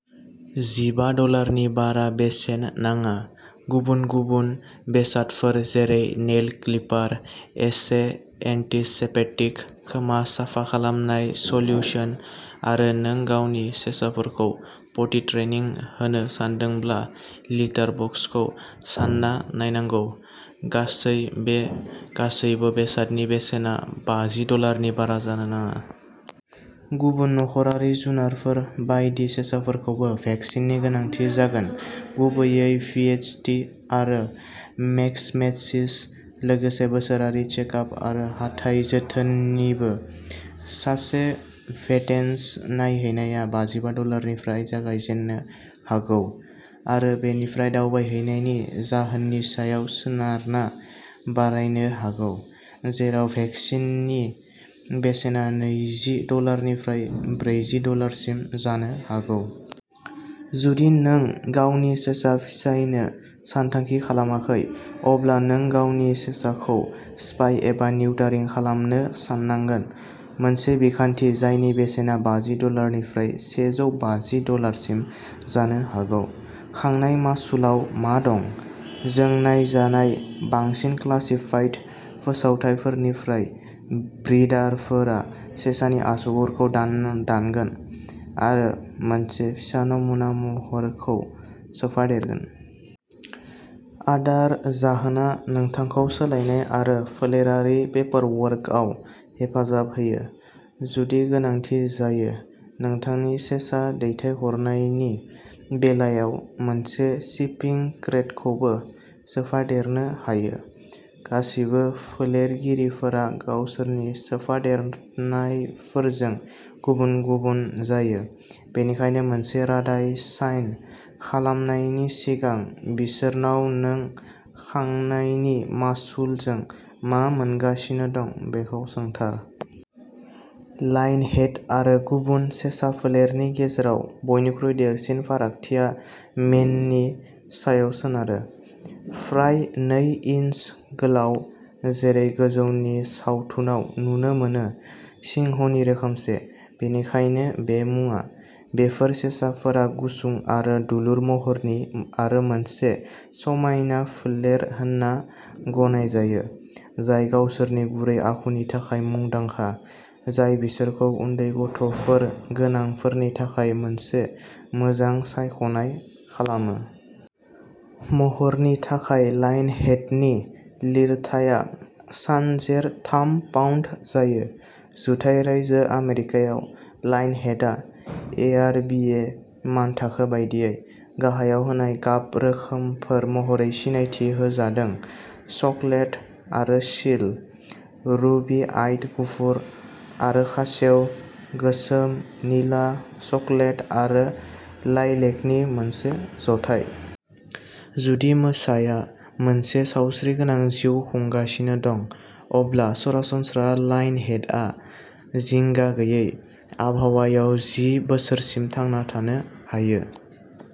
जिबा डलारनि बारा बेसेन नाङा। गुबुन गुबुन बेसादफोर, जेरै नेइल क्लिपार, एसे एन्टिसेप्टिक खोमा साफा खालामनाय सल्युशन आरो नों गावनि सेसाफोरखौ पटि ट्रेनिं होनो सानदोंब्ला लिटार बक्सखौ सानना नायनांगौ। गासै बे गासैबो बेसादनि बेसेना बाजि डलारनि बारा जानो नाङा। गुबुन नखरारि जुनारफोर बायदि सेसाफोरखौबो भेकसिननि गोनांथि जागोन, गुबैयै भिएचडि आरो मैक्समेटसिस, लोगोसे बोसोरारि चेकआप आरो हाथाइ जोथोननिबो। सासे भेटेनस नायहैनाया बाजिबा डलारनिफ्राय जागायजेन्नो हागौ आरो बेनिफ्राय दावबायहैनायनि जाहोननि सायाव सोनारना बारायनो हागौ, जेराव भेकसिननि बेसेना नैजि डलारनिफ्राय ब्रैजि डलारसिम जानो हागौ। जुदि नों गावनि सेसा फिसायनो सानथांखि खालामाखै, अब्ला नों गावनि सेसाखौ स्पाय एबा निउटारिं खालामनो साननांगोन, मोनसे बिखान्थि जायनि बेसेना बाजि डलारनिफ्राय सेजौ बाजि डलारसिम जानो हागौ। खांनाय मासुलाव मा दं? जों नायजानाय बांसिन क्लासिफाइड फोसावथायफोरनिफ्राय, ब्रिडारफोरा सेसानि आसुगुरखौ दान्नो दानगोन आरो मोनसे फिसा नमुना महरखौ सोफादेरगोन। आदार जाहोना नोंथांखौ सोलायनाय आरो फोलेरारि पेपारवर्कआव हेफाजाब होयो, जुदि गोनांथि जायो। नोंथांनि सेसा दैथायहरनायनि बेलायाव, मोनसे शिपिं क्रेटखौबो सोफादेरनो हायो। गासिबो फोलेरगिरिफोरा गावसोरनि सोफादेरनायफोरजों गुबुन गुबुन जायो, बेनिखायनो मोनसे रादाय साइन खालामनायनि सिगां बिसोरनाव नों खांनायनि मासुलजों मा मोनगासिनो दं बेखौ सोंथार। लायनहेड आरो गुबुन सेसा फोलेरनि गेजेराव बयनिख्रुइबो देरसिन फारागथिया मेननि सायाव सोनारो, फ्राय नै इन्सि गोलाव, जेरै गोजौनि सावथुनाव नुनो मोनो, सिंहनि रोखोमसे, बेनिखायनो बे मुङा। बेफोर सेसाफोरा गुसुं आरो दुलुर महरनि आरो मोनसे समायना फोलेर होनना गनायजायो, जाय गावसोरनि गुरै आखुनि थाखाय मुंदांखा, जाय बिसोरखौ उन्दै गथ'फोर गोनांफोरनि थाखाय मोनसे मोजां सायख'नाय खालामो। महरनि थाखाय, लायनहेडनि लिरथाया सानजेर थाम पाउन्द जायो। जुथाइ रायजो आमेरिकायाव, लायनहेडआ, एआरबिए मानथाखो बायदियै, गाहायाव होनाय गाब रोखोमफोर महरै सिनायथि होजादों चकलेट आरो सील, रुबि आइड गुफुर आरो खासेव, गोसोम, निला, चकलेट आरो लाइलेकनि मोनसे जथाय। जुदि मोसाया मोनसे सावस्रिगोनां जिउ खुंगासिनो दं, अब्ला सरासनस्रा लायनहेडआ जिंगा गैयै आबहावायाव जि बोसोरसिम थांना थानो हायो।